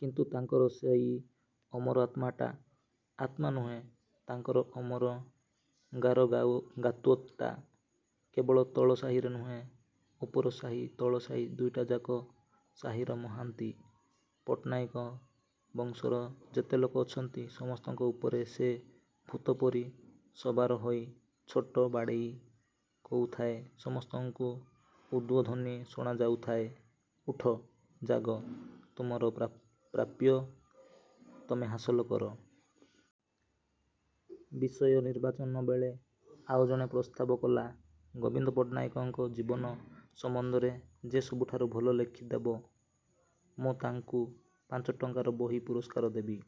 କିନ୍ତୁ ତାଙ୍କର ସେଇ ଅମର ଆତ୍ମାଟା ଆତ୍ମା ନୁହେଁ ତାଙ୍କର ଅମର ଦାରୋଗାତ୍ୱଟା କେବଳ ତଳ ସାହିରେ ନୁହେଁ ଉପର ସାହି ତଳସାହି ଦୁଇଟାଯାକ ସାହିର ମହାନ୍ତି ପଟ୍ଟନାୟକ ବଂଶର ଯେତେ ଲୋକ ଅଛନ୍ତି ସମସ୍ତଙ୍କ ଉପରେ ସେ ଭୂତପରି ସବାର ହୋଇ ଛାଟ ବାଡ଼େଇ କହୁଥାଏ ସମସ୍ତଙ୍କୁ ଉଦ୍ବୋଧନୀ ଶୁଣାଉଥାଏ ଉଠ ଜାଗ ତମର ପ୍ରାପ୍ୟ ତମେ ହାସଲ କର। ବିଷୟ ନିର୍ବାଚନବେଳେ ଆଉ ଜଣେ ପ୍ରସ୍ତାବ କଲା ଗୋବିନ୍ଦ ପଟ୍ଟନାୟକଙ୍କ ଜୀବନ ସମ୍ବନ୍ଧରେ ଯେ ସବୁଠାରୁ ଭଲ ଲେଖିଦେବ ମୁଁ ତାକୁ ପାଞ୍ଚଟଙ୍କାର ବହି ପୁରସ୍କାର ଦେବି।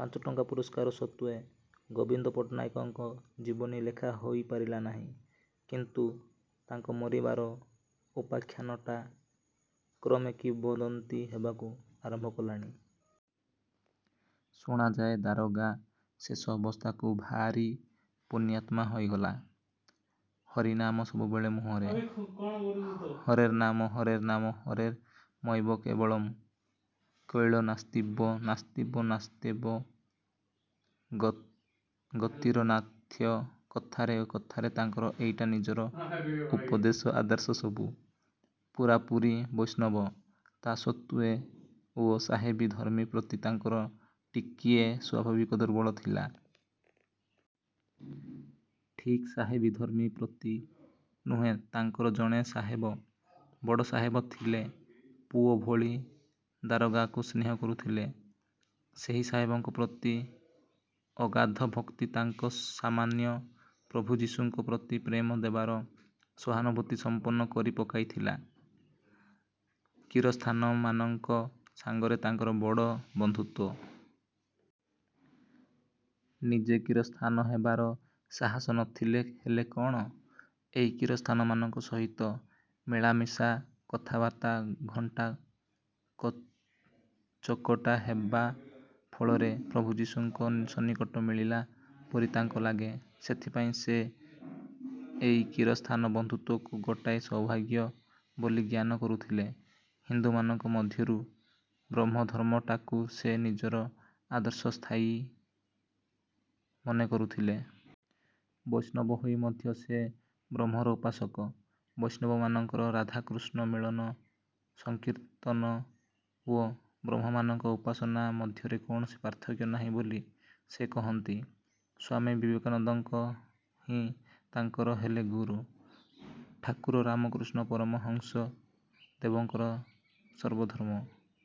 ପାଞ୍ଚଟଙ୍କା ପୁରସ୍କାର ସତ୍ତ୍ୱେ ଗୋବିନ୍ଦ ପଟ୍ଟନାୟକଙ୍କ ଜୀବନୀ ଲେଖା ହୋଇ ପାରିଲା ନାହିଁ। କିନ୍ତୁ ତାଙ୍କ ମରିବାର ଉପାଖ୍ୟାନଟା କ୍ରମେ କିମ୍ବଦନ୍ତୀ ହେବାକୁ ଆରମ୍ଭ କଲାଣି। ଶୁଣାଯାଏ ଦାରୋଗା ଶେଷ ଅବସ୍ଥାକୁ ଭାରି ପୁଣ୍ୟାତ୍ମା ହୋଇଗଲେ। ହରିନାମ ସବୁବେଳେ ମୁହଁରେ। ହରେର୍ନାମ ହରେର୍ନାମ ହରେନାମୈବ କେବଳମ୍ କଳୌ ନାସ୍ତୈବ ନାସ୍ତୈବ ନାସ୍ତୈବ ଗତିରନ୍ୟଥା କଥାରେ କଥାରେ ତାଙ୍କର ଏଇଟା ନଜିର ଉପଦେଶ ଆଦର୍ଶ ସବୁ। ପୂରାପୂରି ବୈଷ୍ଣବ। ତା ସତ୍ତ୍ୱେ ଓ ସାହେବୀ ଧର୍ମ ପ୍ରତି ତାଙ୍କର ଟିକିଏ ସ୍ୱାଭାବିକ ଦୁର୍ବଳତା ଥିଲା। ଠିକ୍ ସାହେବୀ ଧର୍ମ ପ୍ରତି ନୁହେଁ ତାଙ୍କର ଜଣେ ସାହେବ ବଡ଼ ସାହେବ ଥିଲେ ପୁଅ ଭଳି ଦାରୋଗାଙ୍କୁ ସ୍ନେହ କରୁଥିଲେ ସେହି ସାହେବଙ୍କ ପ୍ରତି ଅଗାଧ ଭକ୍ତି ତାଙ୍କୁ ସାମାନ୍ୟ ପ୍ରଭୁ ଯିଶୁଙ୍କ ପ୍ରତି ପ୍ରେମ ଦେବାର ସହାନୁଭୂତିସମ୍ପନ୍ନ କରି ପକାଇଥିଲା। କିରସ୍ତାନମାନଙ୍କ ସାଙ୍ଗରେ ତାଙ୍କର ବଡ଼ ବନ୍ଧୁତ୍ୱ। ନିଜେ କିରସ୍ତାନ ହେବାର ସାହସ ନଥିଲେ ହେଲା କଣ ଏଇ କିରସ୍ତାନମାନଙ୍କ ସହିତ ମିଳାମିଶା କଥାବାର୍ତ୍ତା ଘଣ୍ଟାଚକଟା ହେବା ଫଳରେ ପ୍ରଭୁ ଯିଶୁଙ୍କର ସନ୍ନିକଟ ମିଳିଲା ପରି ତାଙ୍କୁ ଲାଗେ। ସେଥିପାଇଁ ସେ ଏଇ କିରସ୍ତାନ ବନ୍ଧୁତ୍ୱକୁ ଗୋଟାଏ ସୌଭାଗ୍ୟ ବୋଲି ଜ୍ଞାନ କରୁଥିଲେ। ହିନ୍ଦୁମାନଙ୍କ ମଧ୍ୟରୁ ବ୍ରହ୍ମ ଧର୍ମଟାକୁ ସେ ନିଜର ଆଦର୍ଶସ୍ଥାୟୀ ମନେ କରୁଥିଲେ। ବୈଷ୍ଣବ ହୋଇ ମଧ୍ୟ ସେ ବ୍ରହ୍ମର ଉପାସକ। ବୈଷ୍ଣବମାନଙ୍କର ରାଧାକୃଷ୍ଣ ମିଳନ ସଂକୀର୍ତ୍ତନ ଓ ବ୍ରାହ୍ମମାନଙ୍କର ଉପାସନା ମଧ୍ୟରେ କୌଣସି ପାର୍ଥକ୍ୟ ନାହିଁ ବୋଲି ସେ କହନ୍ତି। ସ୍ୱାମୀ ବିବେକାନନ୍ଦହିଁ ତାଙ୍କର ହେଲେ ଗୁରୁ। ଠାକୁର ରାମକୃଷ୍ଣ ପରମହଂସ ଦେବଙ୍କର ସର୍ବ ଧର୍ମ